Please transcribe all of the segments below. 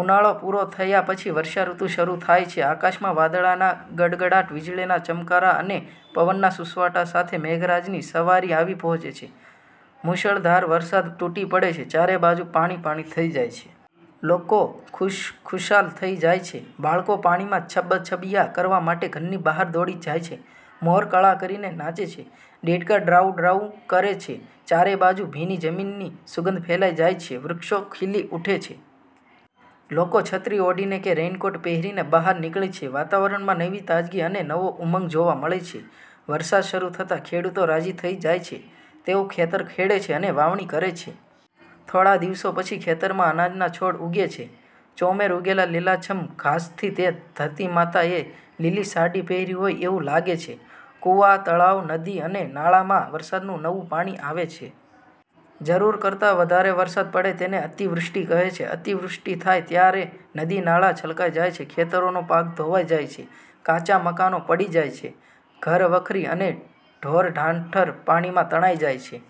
ઉનાળો પૂરો થાય પછી વર્ષાઋતુ શરૂ થાય છે. આકાશમાં વાદળના ગડગડાટ, વીજળીના ચમકારા અને પવનના સૂસવાટા સાથે મેઘરાજાની સવારી આવી પહોંચે છે. મૂશળધાર વરસાદ તૂટી પડે છે. ચારે બાજુ પાણી પાણી થઇ જાય છે. લોકો ખુશખુશાલ થઈ જાય છે. બાળકો પાણીમાં છબછબીયા કરવા માટે ઘરની બહાર દોડી જાય છે. મોર કળા કરીને નાચે છે. દેડકા ડ્રાઉંડ્રાઉંકરે છે. ચારે બાજુ ભીની જમીનની સુગંધ ફેલાઈ જાય છે. વૃક્ષો ખીલી ઊઠે છે. લોકો છત્રી ઓઢીને કે રેઇનકોટ પહેરીને બહાર નીકળે છે. વાતાવરણમાં નવી તાજગી અને નવો ઉમંગ જોવા મળે છે. વરસાદ શરૂ થતાં ખેડૂતો રાજી થઇ જાય છે. તેઓ ખેતર ખેડે છે અને વાવણી કરે છે. થોડા દિવસો પછી ખેતરમાં અનાજના છોડ ઊગે છે. ચોમેર ઉગેલા લીલાછમ ઘાસથી તે ધરતીમાતા એ લીલી સાડી પહેરી હોય એવું લાગે છે. કૂવા, તળાવ, નદી અને નાળા માં વરસાદ નું નવું પાણી આવે છે. જરૂર કરતો વધારે વરસાદ પડે તેને અતિવૃષ્ટિ કહે છે. અતિવૃષ્ટિ થાય ત્યારે નદી-નાળા છલકાઈ જાય છે. ખેતરોનો પાક ધોવાઈ જાય છે. કાચા મકાનો પડી જાય છે. ઘરવખરી અને ઢોરઢાંખર પાણીમાં તણાઈ જાય છે.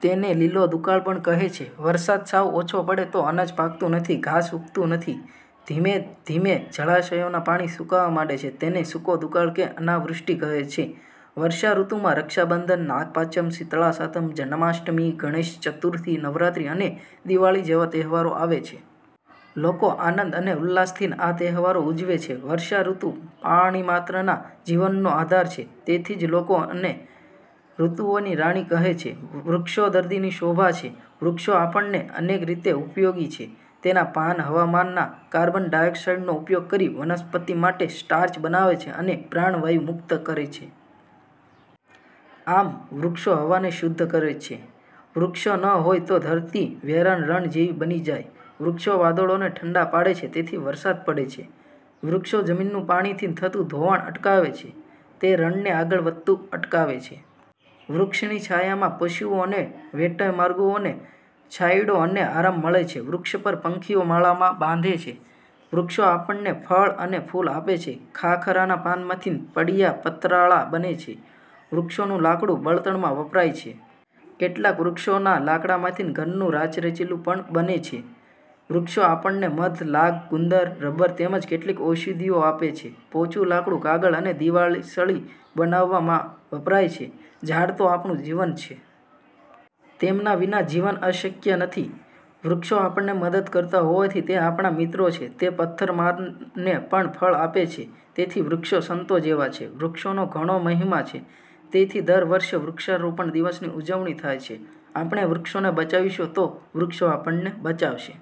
તેને લીલો દુકાળ પણ કહે છે. વરસાદ સાવ ઓછો પડે તો અનાજ પાકતું નથી, ઘાસ ઉગતું નથી. ધીમે ધીમે જળાશયોના પાણી સુકાવા માંડે છે. તેને સૂકો દુકાળ કે અનાવૃષ્ટિ કહે છે. વર્ષાઋતુમાં રક્ષાબંધન, નાગપાંચમ, શીતળાસાતમ, જન્માષ્ટમી, ગણેશ ચતુર્થી, નવરાત્રિ અને દિવાળી જેવા તહેવારો આવે છે. લોકો આનંદ અને ઉલ્લાસથી આ તહેવારો ઉજવે છે. વર્ષાઋતુ પ્રાણીમાત્રના જીવનનો આધાર છે. તેથી જ લોકો એને ઋતુઓની રાણી કહે છે. વૃક્ષો દર્દીની શોભા છે. વૃક્ષો આપણને અનેક રીતે ઉપયોગી છે. તેના પાન હવામાંના કાર્બન ડાયોક્સાઇડનો ઉપયોગ કરી વનસ્પતિ માટે સ્ટાર્ચ બનાવે છે અને પ્રાણવાયુ મુક્ત કરે છે. આમ, વૃક્ષો હવાને શુદ્ધ કરે છે. વૃક્ષો ન હોય તો ધરતી વેરાન રણ જેવી બની જાય. વૃક્ષો વાદળોને ઠંડા પાડે છે, તેથી વરસાદ પડે છે. વૃક્ષો જમીનનું પાણીથી થતું ધોવાણ અટકાવે છે. તે રણને આગળ વધતું અટકાવે છે. વૃક્ષની છાયામાં પશુઓ અને વટેમાર્ગુઓને છાંયડો અને આરામ મળે છે. વૃક્ષ પર પંખીઓ માળામા બાંધે છે. વૃક્ષો આપણને ફળ અને ફૂલ આપે છે. ખાખરાના પાનમાંથી પડિયા- પતરાળા બને છે. વૃક્ષોનું લાકડું બળતણમાં વપરાય છે. કેટલાંક વૃક્ષો ના લાકડામાંથી ઘરનું રાચરચીલું બને છે. વૃક્ષો આપણને મધ, લાખ, ગુંદર, રબર તેમજ કેટલીક ઔષધિઓ આપે છે. પોચું લાકડું કાગળ અને દિવાસળી બનાવવા માં વપરાય છે. ઝાડ તો આપણું જીવન છે. તેમના વિના જીવન અશક્ય નથી. વૃક્ષો આપણને મદદ કરતા હોવાથી તે આપણા મિત્રો છે. તે પથ્થર મારનારને પણ ફળ આપે છે. તેથી વૃક્ષો સંતો જેવા છે. વૃક્ષોનો ઘણો મહિમા છે. તેથી દર વર્ષે વૃક્ષારોપણ દિનની ઉજવણી થાય છે. આપણે વૃક્ષોને બચાવીશું તો, વૃક્ષો આપણને બચાવશે.